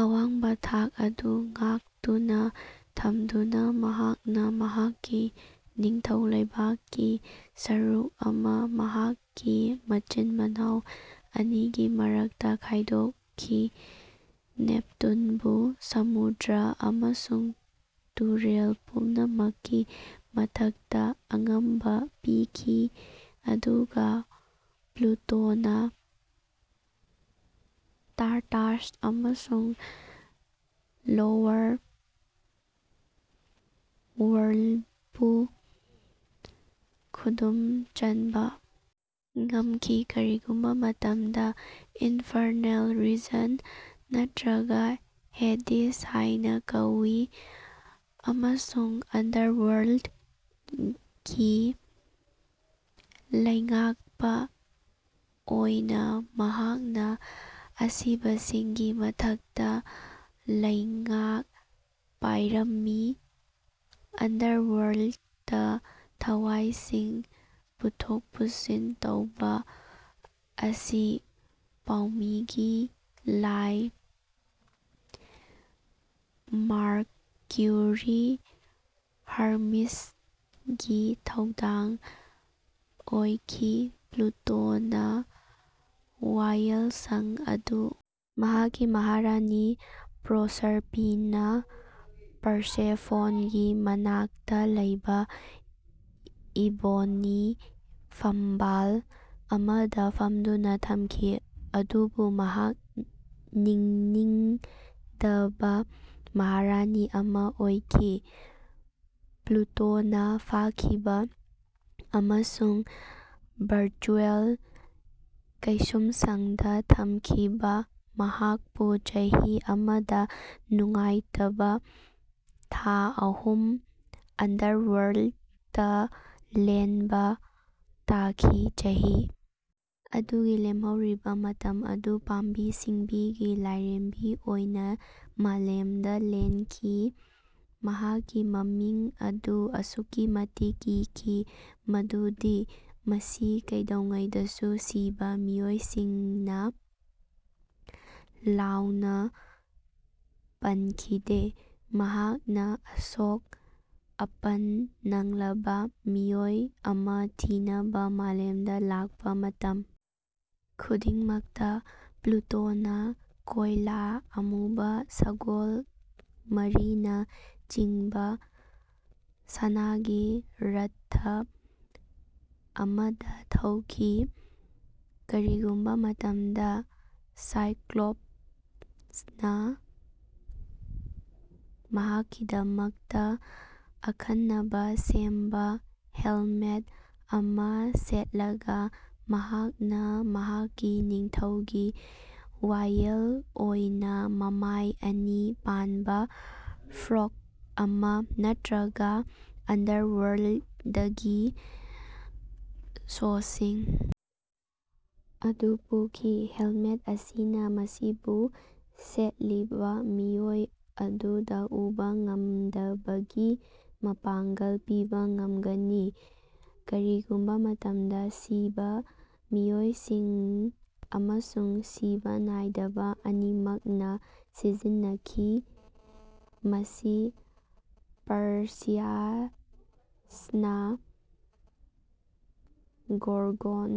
ꯑꯋꯥꯡꯕ ꯊꯥꯛ ꯑꯗꯨ ꯉꯥꯛꯇꯨꯅ ꯊꯝꯗꯨꯅ ꯃꯍꯥꯛꯅ ꯃꯍꯥꯛꯀꯤ ꯅꯤꯡꯊꯧ ꯂꯩꯕꯥꯛꯀꯤ ꯁꯔꯨꯛ ꯑꯃꯥ ꯃꯍꯥꯛꯀꯤ ꯃꯆꯤꯟ ꯃꯅꯥꯎ ꯑꯅꯤꯒꯤ ꯃꯔꯛꯇ ꯈꯥꯏꯗꯣꯛꯈꯤ ꯅꯦꯞꯇꯨꯟꯕꯨ ꯁꯃꯨꯗ꯭ꯔ ꯑꯃꯁꯨꯡ ꯇꯨꯔꯦꯜ ꯄꯨꯝꯅꯃꯛꯀꯤ ꯃꯊꯛꯇ ꯑꯉꯝꯕ ꯄꯤꯈꯤ ꯑꯗꯨꯒ ꯄ꯭ꯂꯨꯇꯣꯅ ꯇꯥꯔꯇꯥꯔꯁ ꯑꯃꯁꯨꯡ ꯂꯣꯋꯔ ꯋꯔꯜ꯭ꯗꯄꯨ ꯈꯨꯗꯨꯝ ꯆꯟꯕ ꯉꯝꯈꯤ ꯀꯔꯤꯒꯨꯝꯕ ꯃꯇꯝꯗ ꯏꯟꯐꯔꯅꯦꯜ ꯔꯤꯖꯟ ꯅꯠꯇ꯭ꯔꯒ ꯍꯦꯗꯤꯁ ꯍꯥꯏꯅ ꯀꯧꯋꯤ ꯑꯃꯁꯨꯡ ꯑꯟꯗꯔꯋꯥꯔꯜꯗꯀꯤ ꯂꯩꯉꯥꯛꯄ ꯑꯣꯏꯅ ꯃꯍꯥꯛꯅ ꯑꯁꯤꯕꯁꯤꯡꯒꯤ ꯃꯊꯛꯇ ꯂꯩꯉꯥꯛ ꯄꯥꯏꯔꯝꯃꯤ ꯑꯟꯗꯔꯋꯥꯔꯜꯗꯇ ꯊꯋꯥꯏꯁꯤꯡ ꯄꯨꯊꯣꯛ ꯄꯨꯁꯤꯟ ꯇꯧꯕ ꯑꯁꯤ ꯄꯥꯎꯃꯤꯒꯤ ꯂꯥꯏ ꯃꯥꯔꯀ꯭ꯌꯨꯔꯤ ꯍꯔꯃꯤꯁꯒꯤ ꯊꯧꯗꯥꯡ ꯑꯣꯏꯈꯤ꯫ ꯄ꯭ꯂꯨꯇꯣꯅ ꯋꯥꯌꯦꯜꯁꯪ ꯑꯗꯨ ꯃꯍꯥꯛꯀꯤ ꯃꯍꯥꯔꯥꯅꯤ ꯄ꯭ꯔꯣꯁꯔꯄꯤꯅꯥ ꯄꯔꯁꯦꯐꯣꯟꯒꯤ ꯃꯅꯥꯛꯇ ꯂꯩꯕ ꯏꯕꯣꯅꯤ ꯐꯝꯕꯥꯜ ꯑꯃꯗ ꯐꯝꯗꯨꯅ ꯊꯝꯈꯤ ꯑꯗꯨꯕꯨ ꯃꯍꯥꯛ ꯅꯤꯡꯅꯤꯡꯗꯕ ꯃꯍꯥꯔꯥꯅꯤ ꯑꯃ ꯑꯣꯏꯈꯤ꯫ ꯄ꯭ꯂꯨꯇꯣꯅ ꯐꯥꯈꯤꯕ ꯑꯃꯁꯨꯡ ꯚꯔꯆꯨꯑꯦꯜ ꯀꯩꯁꯨꯝꯁꯪꯗ ꯊꯝꯈꯤꯕ ꯃꯍꯥꯛꯄꯨ ꯆꯍꯤ ꯑꯃꯗ ꯅꯨꯡꯉꯥꯏꯇꯕ ꯊꯥ ꯑꯍꯨꯝ ꯑꯟꯗꯔꯋꯥꯔꯜꯗꯇ ꯂꯦꯟꯕ ꯇꯥꯈꯤ꯫ ꯆꯍꯤ ꯑꯗꯨꯒꯤ ꯂꯦꯝꯍꯧꯔꯤꯕ ꯃꯇꯝ ꯑꯗꯨ ꯄꯥꯝꯕꯤ ꯁꯤꯡꯕꯤꯒꯤ ꯂꯥꯏꯔꯦꯝꯕꯤ ꯑꯣꯏꯅ ꯃꯥꯂꯦꯝꯗ ꯂꯦꯟꯈꯤ꯫ ꯃꯍꯥꯛꯀꯤ ꯃꯃꯤꯡ ꯑꯗꯨ ꯑꯁꯨꯛꯀꯤ ꯃꯇꯤꯛ ꯀꯤꯈꯤ ꯃꯗꯨꯗꯤ ꯃꯁꯤ ꯀꯩꯗꯧꯉꯩꯗꯁꯨ ꯁꯤꯕ ꯃꯤꯑꯣꯏꯁꯤꯡꯅ ꯂꯥꯎꯅ ꯄꯟꯈꯤꯗꯦ꯫ ꯃꯍꯥꯛꯅ ꯑꯁꯣꯛ ꯑꯄꯟ ꯅꯪꯂꯕ ꯃꯤꯑꯣꯏ ꯑꯃ ꯊꯤꯅꯕ ꯃꯥꯂꯦꯝꯗ ꯂꯥꯛꯄ ꯃꯇꯝ ꯈꯨꯗꯤꯡꯃꯛꯇ ꯄ꯭ꯂꯨꯇꯣꯅ ꯀꯣꯏꯂꯥ ꯑꯃꯨꯕ ꯁꯒꯣꯜ ꯃꯔꯤꯅ ꯆꯤꯡꯕ ꯁꯅꯥꯒꯤ ꯔꯊ ꯑꯃꯗ ꯊꯧꯈꯤ꯫ ꯀꯔꯤꯒꯨꯝꯕ ꯃꯇꯝꯗ ꯁꯥꯏꯀ꯭ꯂꯣꯞꯁꯅ ꯃꯍꯥꯛꯀꯤꯗꯃꯛꯇ ꯑꯈꯟꯅꯕ ꯁꯦꯝꯕ ꯍꯦꯜꯃꯦꯠ ꯑꯃ ꯁꯦꯠꯂꯒ ꯃꯍꯥꯛꯅ ꯃꯍꯥꯛꯀꯤ ꯅꯤꯡꯊꯧꯒꯤ ꯋꯥꯌꯦꯜ ꯑꯣꯏꯅ ꯃꯃꯥꯏ ꯑꯅꯤ ꯄꯥꯟꯕ ꯐꯣꯔ꯭ꯛ ꯑꯃ ꯅꯠꯇ꯭ꯔꯒ ꯑꯟꯗꯔꯋꯥꯔꯜꯗꯀꯤ ꯁꯣꯁꯤꯡ ꯑꯗꯨ ꯄꯨꯈꯤ꯫ ꯍꯦꯜꯃꯦꯠ ꯑꯁꯤꯅ ꯃꯁꯤꯕꯨ ꯁꯦꯠꯂꯤꯕ ꯃꯤꯑꯣꯏ ꯑꯗꯨꯗ ꯎꯕ ꯉꯝꯗꯕꯒꯤ ꯃꯄꯥꯡꯒꯜ ꯄꯤꯕ ꯉꯝꯒꯅꯤ꯫ ꯀꯔꯤꯒꯨꯝꯕ ꯃꯇꯝꯗ ꯁꯤꯕ ꯃꯤꯑꯣꯏꯁꯤꯡ ꯑꯃꯁꯨꯡ ꯁꯤꯕ ꯅꯥꯏꯗꯕ ꯑꯅꯤꯃꯛꯅ ꯁꯤꯖꯤꯟꯅꯈꯤ ꯃꯁꯤ ꯄꯔꯁꯤꯌꯁꯅ ꯒꯣꯔꯒꯣꯟ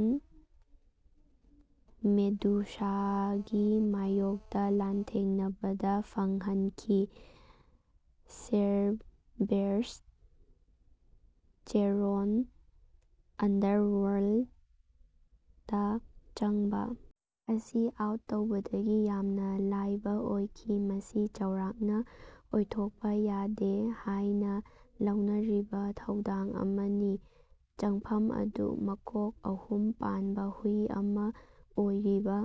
ꯃꯦꯗꯨꯁꯥꯒꯤ ꯃꯥꯌꯣꯛꯇ ꯂꯥꯟꯊꯦꯡꯅꯕꯗ ꯐꯪꯍꯟꯈꯤ꯫ ꯁꯦꯔꯕꯦꯔꯁ ꯆꯦꯔꯣꯟ ꯑꯟꯗꯔꯋꯥꯔꯜ꯭ꯗꯇ ꯆꯪꯕ ꯑꯁꯤ ꯑꯥꯎꯠ ꯇꯧꯕꯗꯒꯤ ꯌꯥꯝꯅ ꯂꯥꯏꯕ ꯑꯣꯏꯈꯤ ꯃꯁꯤ ꯆꯥꯎꯔꯥꯛꯅ ꯑꯣꯏꯊꯣꯛꯄ ꯌꯥꯗꯦ ꯍꯥꯏꯅ ꯂꯧꯅꯔꯤꯕ ꯊꯧꯗꯥꯡ ꯑꯃꯅꯤ꯫ ꯆꯪꯐꯝ ꯑꯗꯨ ꯃꯀꯣꯛ ꯑꯍꯨꯝ ꯄꯥꯟꯕ ꯍꯨꯏ ꯑꯃ ꯑꯣꯏꯔꯤꯕ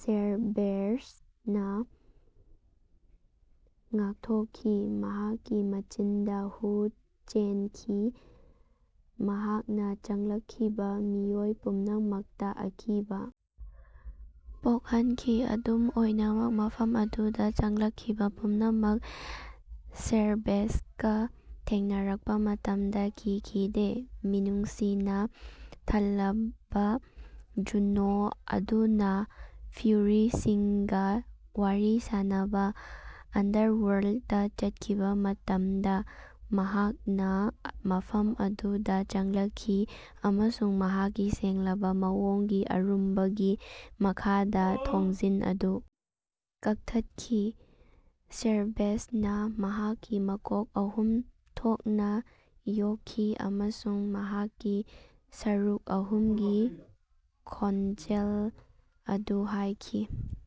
ꯁꯦꯔꯕꯦꯔꯁꯅ ꯉꯥꯛꯊꯣꯛꯈꯤ ꯃꯍꯥꯛꯀꯤ ꯃꯆꯤꯟꯗ ꯍꯨ ꯆꯦꯟꯈꯤ ꯃꯍꯥꯛꯅ ꯆꯪꯂꯛꯈꯤꯕ ꯃꯤꯑꯣꯏ ꯄꯨꯝꯅꯃꯛꯇ ꯑꯀꯤꯕ ꯄꯣꯛꯍꯟꯈꯤ꯫ ꯑꯗꯨꯝ ꯑꯣꯏꯅꯃꯛ ꯃꯐꯝ ꯑꯗꯨꯗ ꯆꯪꯂꯛꯈꯤꯕ ꯄꯨꯝꯅꯃꯛ ꯁꯦꯔꯕꯦꯔꯁꯀ ꯊꯦꯡꯅꯔꯛꯄ ꯃꯇꯝꯗ ꯀꯤꯈꯤꯗꯦ꯫ ꯃꯤꯅꯨꯡꯁꯤꯅ ꯊꯜꯂꯕ ꯖꯨꯅꯣ ꯑꯗꯨꯅ ꯐ꯭ꯌꯨꯔꯤꯁꯤꯡꯒ ꯋꯥꯔꯤ ꯁꯥꯅꯅꯕ ꯑꯟꯗꯔꯋꯥꯔꯜꯗꯇ ꯆꯠꯈꯤꯕ ꯃꯇꯝꯗ ꯃꯍꯥꯛꯅ ꯃꯐꯝ ꯑꯗꯨꯗ ꯆꯪꯂꯛꯈꯤ ꯑꯃꯁꯨꯡ ꯃꯍꯥꯛꯀꯤ ꯁꯦꯡꯂꯕ ꯃꯑꯣꯡꯒꯤ ꯑꯔꯨꯝꯕꯒꯤ ꯃꯈꯥꯗ ꯊꯣꯡꯖꯤꯟ ꯑꯗꯨ ꯀꯛꯊꯠꯈꯤ꯫ ꯁꯦꯔꯕꯦꯔꯁꯅ ꯃꯍꯥꯛꯀꯤ ꯃꯀꯣꯛ ꯑꯍꯨꯝ ꯊꯣꯛꯅ ꯌꯣꯛꯈꯤ ꯑꯃꯁꯨꯡ ꯃꯍꯥꯛꯀꯤ ꯁꯔꯨꯛ ꯑꯍꯨꯝꯒꯤ ꯈꯣꯟꯖꯦꯜ ꯑꯗꯨ ꯍꯥꯏꯈꯤ꯫